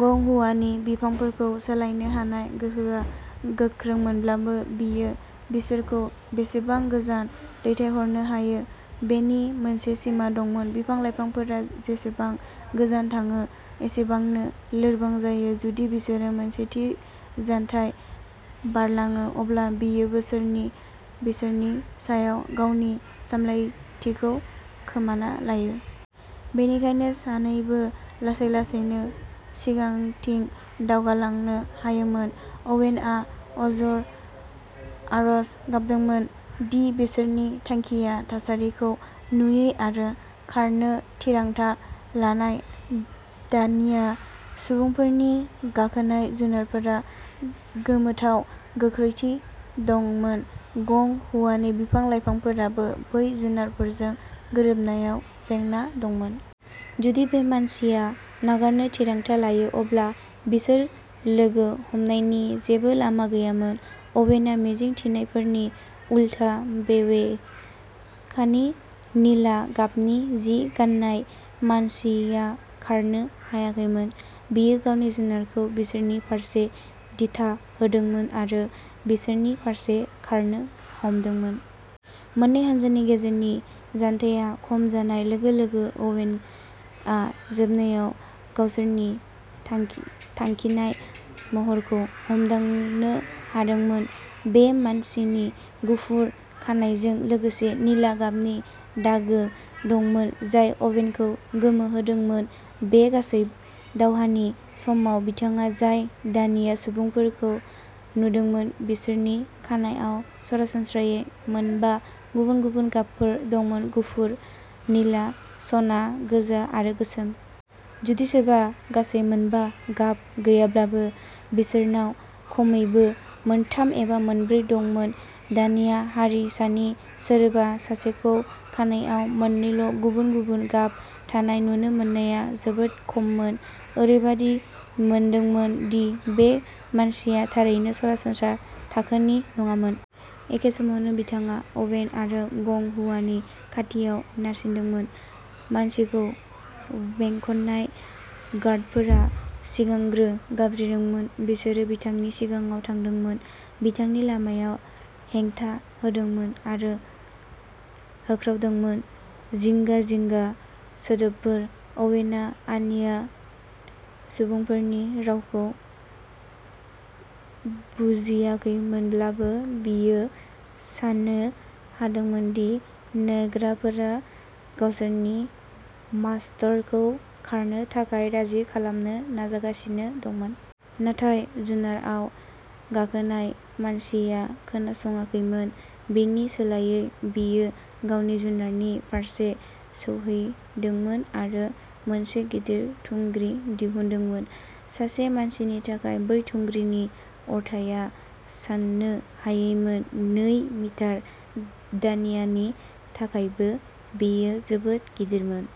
गं हुआनि बिफांफोरखौ सोलायनो हानाय गोहोआ गोख्रोंमोनब्लाबो, बियो बिसोरखौ बेसेबां गोजान दैथायहरनो हायो बेनि मोनसे सिमा दंमोन। बिफां-लाइफांफोरा जेसेबां गोजान थाङो, एसेबांनो लोरबां जायो। जुदि बिसोरो मोनसे थि जानथाय बारलाङो, अब्ला बियो बोसोरनि बिसोरनि सायाव गावनि सामलायथिखौ खोमाना लायो। बेनिखायनो सानैबो लासै लासैनो सिगांथिं दावगालांनो हायोमोन। अवेनआ अजद आरज गाबदोंमोन दि बिसोरनि थांखिया थासारिखौ नुयै आरो खारनो थिरांथा लानाय। दान्या सुबुंफोरनि गाखोनाय जुनारफोरा गोमोथाव गोख्रैथि दंमोन। गं हुआनि बिफां-लाइफांफोराबो बै जुनारफोरजों गोरोबनायाव जेंना दंमोन। जुदि बे मानसिया नागारनो थिरांथा लायो, अब्ला बिसोर लोगो हमनायनि जेबो लामा गैयामोन। अवेनआ मिजिं थिनायफोरनि उलथा, बेबेखानि, निला गाबनि जि गाननाय मानसिया खारनो हायाखैमोन, बियो गावनि जुनारखौ बिसोरनि फारसे दिथा होदोंमोन आरो बिसोरनि फारसे खारनो हमदोंमोन। मोन्नै हान्जानि गेजेरनि जानथाया खम जानाय लोगो-लोगो, अवेनआ जोबनायाव गावसोरनि थांखि थांखिनाय महरखौ हमदांनो हादोंमोन। बे मानसिनि गुफुर खानाइजों लोगोसे निला गाबनि दागो दंमोन, जाय अवेनखौ गोमोहोदोंमोन। बे गासै दावहानि समाव, बिथाङा जाय दान्या सुबुंफोरखौ नुदोंमोन, बिसोरनि खानाइआव सरासनस्रायै मोनबा गुबुन-गुबुन गाबफोर दंमोन-गुफुर, निला, सना, गोजा आरो गोसोम। जुदि सोरबा गासै मोनबा गाब गैयाब्लाबो, बिसोरनाव खमैबो मोनथाम एबा मोनब्रै दंमोन। दान्या हारिसानि सोरबा सासेखौ खानाइआव मोननैल'गुबुन-गुबुन गाब थानाय नुनो मोननाया जोबोद खममोन। ओरैबायदि मोनदोंमोन दि बे मानसिया थारैनो सरासनस्रा थाखोनि नङामोन। एखे समावनो, बिथाङा अवेन आरो गं हुआनि खाथियाव नारसिनदोंमोन। मानसिखौ बेंखननाय गार्डफोरा सिगांग्रो गाबज्रिदोंमोन। बिसोरो बिथांनि सिगाङाव थांदोंमोन, बिथांनि लामायाव हेंथा होदोंमोन, आरो होख्रावदोंमोन। जिंगा-जिंगा सोदोबफोर। अवेनआ आन्या सुबुंफोरनि रावखौ बुजियाखैमोनब्लाबो, बियो सान्नो हादोंमोन दि नेग्राफोरा गावसोरनि मास्तरखौ खारनो थाखाय राजि खालामनो नाजागासिनो दंमोन। नाथाय जुनारआव गाखोनाय मानसिया खोनासङाखैमोन। बिनि सोलायै, बियो गावनि जुनारनि फारसे सौहैदोंमोन आरो मोनसे गिदिर थुंग्रि दिहुनदोंमोन। सासे मानसिनि थाखाय, बै थुंग्रिनि अरथाइया साननो हायैमोन। नै मिटार दान्यानि थाखायबो, बेयो जोबोद गिदिरमोन।